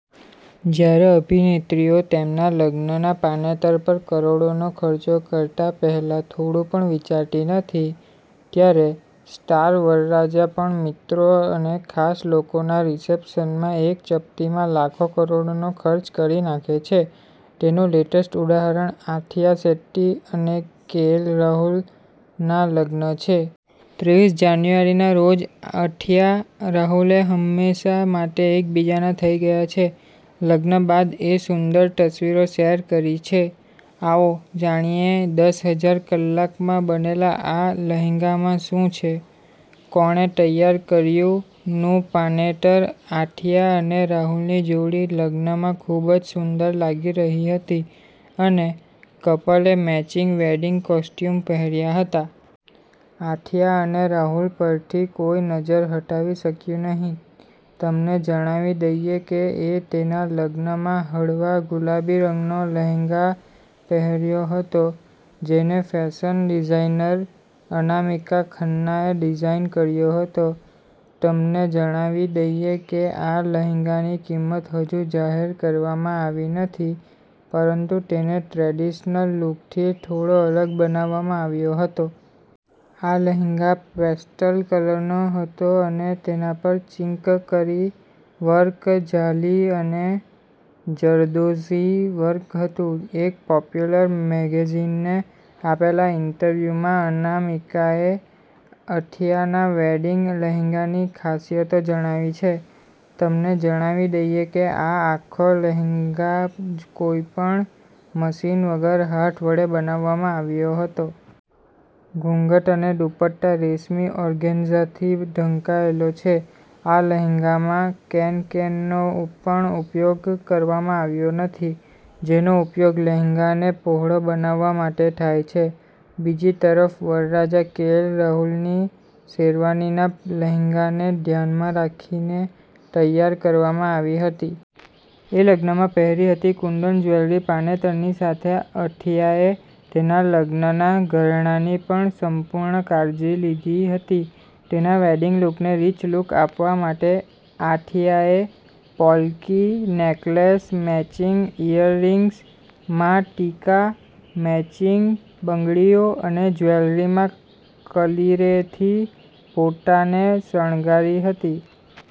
જ્યારે અભિનેત્રીઓ તેમના લગ્નના પાનેતર પર કરોડોનો ખર્ચ કરતા પહેલા થોડું પણ વિચારતી નથી, ત્યારે સ્ટાર વરરાજા પણ મિત્રો અને ખાસ લોકોના રિસેપ્શનમાં એક ચપટીમાં લાખો કરોડોનો ખર્ચ કરી નાખે છે. તેનું લેટેસ્ટ ઉદાહરણ આથિયા શેટ્ટી અને કે એલ રાહુલ ના લગ્ન છે. ત્રેવીસ જાન્યુઆરીના રોજ અથિયા-રાહુલે હંમેશા માટે એકબીજાના થઇ ગયા છે. લગ્ન બાદ એ સુંદર તસવીરો શેર કરી છે. આવો જાણીએ દસ હજાર કલાકમાં બનેલા આ લહેંગામાં શું છે. કોણે તૈયાર કર્યું નું પાનેતર આથિયા અને રાહુલની જોડી લગ્નમાં ખૂબ જ સુંદર લાગી રહી હતી અને કપલે મેચિંગ વેડિંગ કોસ્ચ્યુમ પહેર્યા હતા. આથિયા અને રાહુલ પરથી કોઈ નજર હટાવી શક્યું નહીં. તમને જણાવી દઈએ કે એ તેના લગ્નમાં હળવા ગુલાબી રંગનો લહેંગા પહેર્યો હતો, જેને ફેશન ડિઝાઇનર અનામિકા ખન્નાએ ડિઝાઇન કર્યો હતો. તમને જણાવી દઈએ કે આ લહેંગાની કિંમત હજુ જાહેર કરવામાં આવી નથી, પરંતુ તેને ટ્રેડિશનલ લુકથી થોડો અલગ બનાવવામાં આવ્યો હતો. આ લહેંગા પેસ્ટલ કલરનો હતો અને તેના પર ચિકંકરી વર્ક, જાલી અને જરદોઝી વર્ક હતું. એક પોપ્યુલર મેગેઝીનને આપેલા ઈન્ટરવ્યુમાં અનામિકાએ અથિયાના વેડિંગ લહેંગાની ખાસિયતો જણાવી છે. તમને જણાવી દઈએ કે, આ આખો લહેંગા કોઈ પણ મશીન વગર હાથ વડે બનાવવામાં આવ્યો હતો. ઘૂંઘટ અને દુપટ્ટા રેશમી ઓર્ગેન્ઝાથી ઢંકાયેલો છે. આ લહેંગામાં કેનકેનનો પણ ઉપયોગ કરવામાં આવ્યો નથી, જેનો ઉપયોગ લહેંગાને પહોળો બનાવવા માટે થાય છે. બીજી તરફ વરરાજા કે એલ રાહુલની શેરવાની ના લહેંગાને ધ્યાનમાં રાખીને તૈયાર કરવામાં આવી હતી. એ લગ્નમાં પહેરી હતી કુંદન જ્વેલરી પાનેતરની સાથે અથિયાએ તેના લગ્નના ઘરેણાંની પણ સંપૂર્ણ કાળજી લીધી હતી. તેના વેડિંગ લુકને રિચ લુક આપવા માટે, આથિયાએ polki necklace, matching earrings, maang tikka, matching બંગડીઓ અને જ્વેલરીમાં કલિરેથી પોતાને શણગારી હતી.